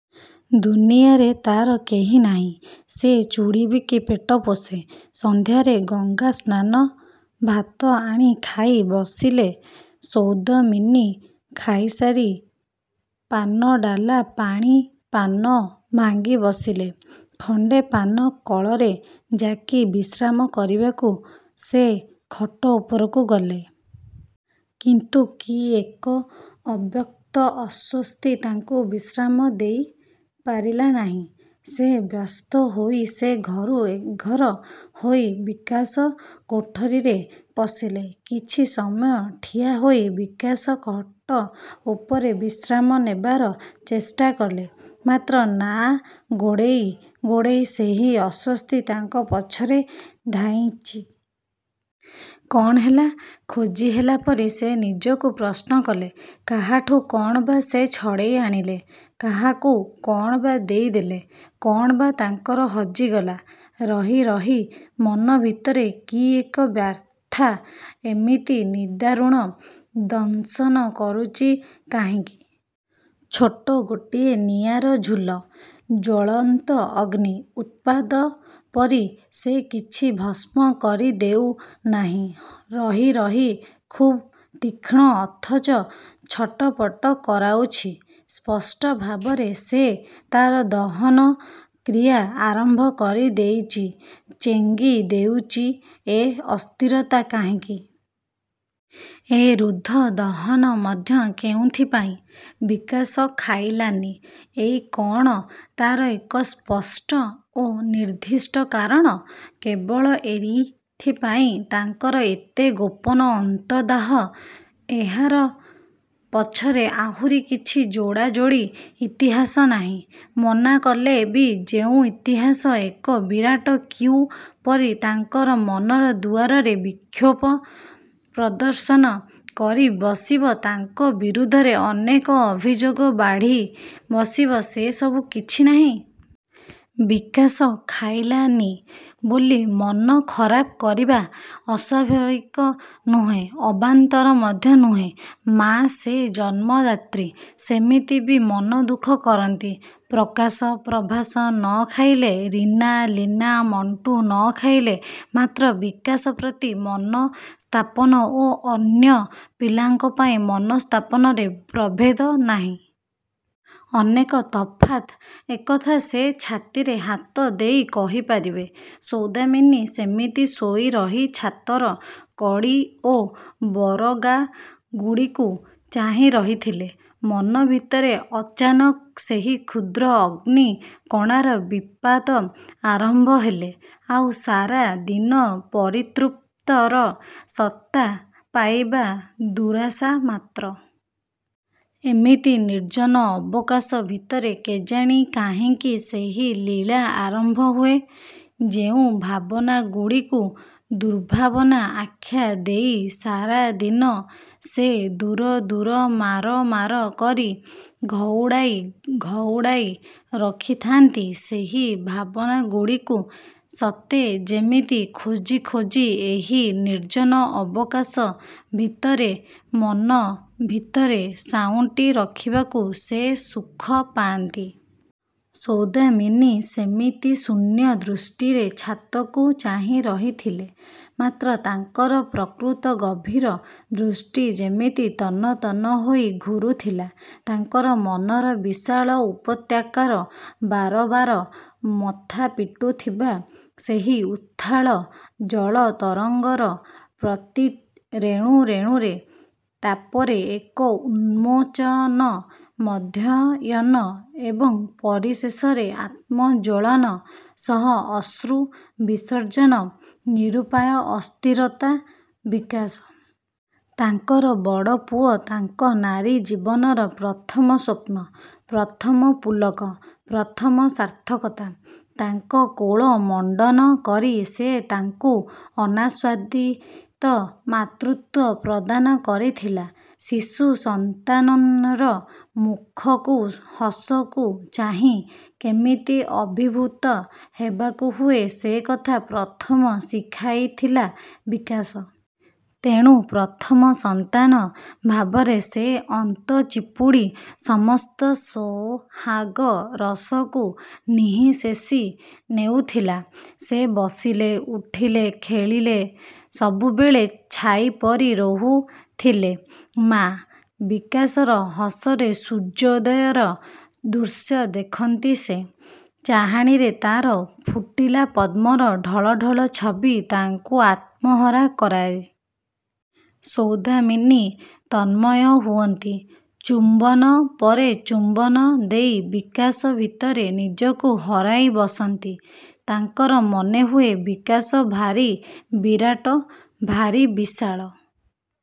ଦୁନିଆରେ ତାର କେହି ନାହିଁ। ସେ ଚୁଡ଼ି ବିକି ପେଟ ପୋଷେ, ସନ୍ଧ୍ୟାରେ ଗଙ୍ଗା ସ୍ନାନ। ଭାତ ଆଣି ଖାଇ ବସିଲେ ସୌଦମିନୀ। ଖାଇସାରି ପାନଡ଼ାଲା ପାଣି ପାନ ଭାଙ୍ଗି ବସିଲେ। ଖଣ୍ଡେ ପାନ କଳରେ ଜାକି ବିଶ୍ରାମ କରିବାକୁ ସେ ଖଟ ଉପରକୁ ଗଲେ। କିନ୍ତୁ କି ଏକ ଅବ୍ୟକ୍ତ ଅସ୍ଵସ୍ତି ତାଙ୍କୁ ବିଶ୍ରାମ ଦେଇ ପାରିଲା ନାହିଁ। ସେ ବ୍ୟସ୍ତ ହୋଇ ସେ ଘରୁ ଏଘର ହୋଇ ବିକାଶ କୋଠରୀରେ ପଶିଲେ। କିଛି ସମୟ ଠିଆ ହୋଇ ବିକାଶ ଖଟ ଉପରେ ବିଶ୍ରାମ ନେବାର ଚେଷ୍ଟା କଲେ। ମାତ୍ର ନାଁ ଗୋଡ଼େଇ ଗୋଡ଼େଇ ସେହି ଅସ୍ଵସ୍ତି ତାଙ୍କ ପଛରେ ଧାଇଁଚି। କଣ ହେଲା? ଖୋଜିହେଲା ପରି ସେ ନିଜକୁ ପ୍ରଶ୍ନ କଲେ। କାହାଠୁ କଣ ବା ସେ ଛଡ଼େଇ ଆଣିଲେ? କାହାକୁ କଣ ବା ଦେଇ ଦେଲେ? କଣ ବା ତାଙ୍କର ହଜିଗଲା? ରହି ରହି ମନ ଭିତରେ କି ଏକ ବ୍ୟଥା, ଏମିତି ନିଦାରୁଣ ଦଂଶନ କରୁଚି କାହିଁକି? ଛୋଟ ଗୋଟିଏ ନିଆଁର ଝୁଲ, ଜ୍ଵଳନ୍ତ ଅଗ୍ନି ଉତ୍ପାଦ ପରି ସେ କିଛି ଭସ୍ମ କରି ଦେଉ ନାହିଁ। ରହି ରହି ଖୁବ୍ ତୀକ୍ଷଣ, ଅଥଚ ଛଟପଟ କରାଉଛି। ସ୍ପଷ୍ଟ ଭାବରେ, ସେ ତାର ଦହନ କ୍ରିୟା ଆରମ୍ଭ କରି ଦେଇଚି। ଚେଙ୍ଗି ଦେଉଚି ଏ ଅସ୍ଥିରତା କାହିଁକି? ଏ ରୁଦ୍ଧ ଦହନ ମଧ୍ୟ କେଉଁଥିପାଇଁ? ବିକାଶ ଖାଇଲାନି, ଏଇ କଣ ତାର ଏକ ସ୍ପଷ୍ଟ ଓ ନିର୍ଦ୍ଦିଷ୍ଟ କାରଣ? କେବଳ ଏଇଥିପାଇଁ ତାଙ୍କର ଏତେ ଗୋପନ ଅନ୍ତର୍ଦାହ? ଏହା ପଛରେ ଆହୁରି କିଛି ଯୋଡ଼ାଯୋଡ଼ି ଇତିହାସ ନାହିଁ? ମନା କଲେ ବି ଯେଉଁ ଇତିହାସ, ଏକ ବିରାଟ କ୍ୟୁ ପରି ତାଙ୍କର ମନର ଦୁଆରରେ ବିକ୍ଷୋଭ ପ୍ରଦର୍ଶନ କରି ବସିବ ତାଙ୍କ ବିରୁଦ୍ଧରେ ଅନେକ ଅଭିଯୋଗ ବାଢ଼ି ବସିବ, ସେ ସବୁ କିଛି ନାହିଁ? ବିକାଶ ଖାଇଲା ନି ବୋଲି ମନ ଖରାପ କରିବା ଅସ୍ୱାଭାବିକ ନୁହେଁ, ଅବାନ୍ତର ମଧ୍ୟ ନୁହେଁ। ମାଆ ସେ, ଜନ୍ମଦାତ୍ରୀ। ସେମିତି ବି ମନ ଦୁଃଖ କରନ୍ତି, ପ୍ରକାଶ, ପ୍ରଭାସ ନ ଖାଇଲେ, ରୀନା, ଲୀନା, ମଣ୍ଟୁ ନ ଖାଇଲେ। ମାତ୍ର ବିକାଶ ପ୍ରତି ମନସ୍ତାପନ ଓ ଅନ୍ୟ ପିଲାଙ୍କ ପାଇଁ ମନସ୍ତାପନରେ ପ୍ରଭେଦ ନାହିଁ? ଅନେକ ତଫାତ୍। ଏକଥା ସେ ଛାତିରେ ହାତ ଦେଇ କହିପାରିବେ। ସୌଦାମିନୀ ସେମିତି ଶୋଇ ରହି ଛାତର କଡ଼ି ଓ ବରଗାଗୁଡ଼ିକୁ ଚାହିଁ ରହିଥିଲେ। ମନ ଭିତରେ ଅଚାନକ ସେହି କ୍ଷୁଦ୍ର ଅଗ୍ନି କଣାର ବିତ୍ପାତ ଆରମ୍ଭ ହେଲେ ଆଉ ସାରା ଦିନ ପରିତୃପ୍ତର ସତ୍ତା ପାଇବା ଦୁରାଶା ମାତ୍ର। ଏମିତି ନିର୍ଜନ ଅବକାଶ ଭିତରେ କେଜାଣି କାହିଁକି ସେହି ଲୀଳା ଆରମ୍ଭ ହୁଏ। ଯେଉଁ ଭାବନାଗୁଡ଼ିକୁ ଦୁର୍ଭାବନା ଆଖ୍ୟା ଦେଇ ସାରା ଦିନ ସେ ଦୂର ଦୂର ମାର ମାର କରି ଘଉଡ଼ାଇ ଘଉଡ଼ାଇ ରଖିଥାନ୍ତି ସେହି ଭାବନାଗୁଡ଼ିକୁ ସତେ ଯେମିତି ଖୋଜି ଖୋଜି ଏହି ନିର୍ଜନ ଅବକାଶ ଭିତରେ ମନ ଭିତରେ ସାଉଁଟି ରଖିବାକୁ ସେ ସୁଖ ପାଆନ୍ତି। ସୌଦାମିନୀ ସେମିତି ଶୂନ୍ୟ ଦୃଷ୍ଟିରେ ଛାତକୁ ଚାହିଁ ରହିଥିଲେ। ମାତ୍ର ତାଙ୍କର ପ୍ରକୃତ ଗଭୀର ଦୃଷ୍ଟି ଯେମିତି ତନ୍ନ ତନ୍ନ ହୋଇ ଘୁରୁଥିଲା। ତାଙ୍କର ମନର ବିଶାଳ ଉପତ୍ୟକାର ବାରବାର ମଥାପିଟୁ ଥିବା ସେହି ଉତ୍ଥାଳ ଜଳ ତରଙ୍ଗର ପ୍ରତି ରେଣୁ ରେଣୁରେ। ତାପରେ ଏକ ଉନ୍ମୋଚନ, ମଧ୍ୟୟନ ଏବଂ ପରିଶେଷରେ ଆତ୍ମଜ୍ଵଳନ ସହ ଅଶ୍ରୁ ବିସର୍ଜନ ନିରୁପାୟ ଅସ୍ଥିରତା। ବିକାଶ ତାଙ୍କର ବଡ଼ ପୁଅ, ତାଙ୍କ ନାରୀ ଜୀବନର ପ୍ରଥମ ସ୍ୱପ୍ନ। ପ୍ରଥମ ପୁଲକ, ପ୍ରଥମ ସାର୍ଥକତା। ତାଙ୍କ କୋଳ ମଣ୍ଡନ କରି ସେ ତାଙ୍କୁ ଅନାସ୍ୱାଦିତ ମାତୃତ୍ଵ ପ୍ରଦାନ କରିଥିଲା। ଶିଶୁ ସନ୍ତାନର ମୁଖକୁ, ହସକୁ ଚାହିଁ, କେମିତି ଅଭିଭୂତ ହେବାକୁ ହୁଏ ସେ କଥା ପ୍ରଥମ ଶିଖାଇଥିଲା ବିକାଶ। ତେଣୁ ପ୍ରଥମ ସନ୍ତାନ ଭାବରେ ସେ ଅନ୍ତ ଚିପୁଡ଼ି ସମସ୍ତ ସୋହାଗ ରସକୁ ନିଃଶେଷି ନେଉଥିଲା। ସେ ବସିଲେ, ଉଠିଲେ, ଖେଳିଲେ, ସବୁବେଳେ ଛାଇପରି ରହୁଥିଲେ ମା । ବିକାଶର ହସରେ ସୂର୍ଯ୍ୟୋଦୟର ଦୃଶ୍ୟ ଦେଖନ୍ତି ସେ। ଚାହାଣିରେ ତାର ଫୁଟିଲା ପଦ୍ମର ଢଳଢ଼ଳ ଛବି ତାଙ୍କୁ ଆତ୍ମହରା କରାଏ। ସୌଦାମିନୀ ତନ୍ମୟ ହୁଅନ୍ତି। ଚୁମ୍ବନ ପରେ ଚୁମ୍ବନ ଦେଇ ବିକାଶ ଭିତରେ ନିଜକୁ ହରାଇ ବସନ୍ତି। ତାଙ୍କର ମନେ ହୁଏ ବିକାଶ ଭାରି ବିରାଟ, ଭାରି ବିଶାଳ।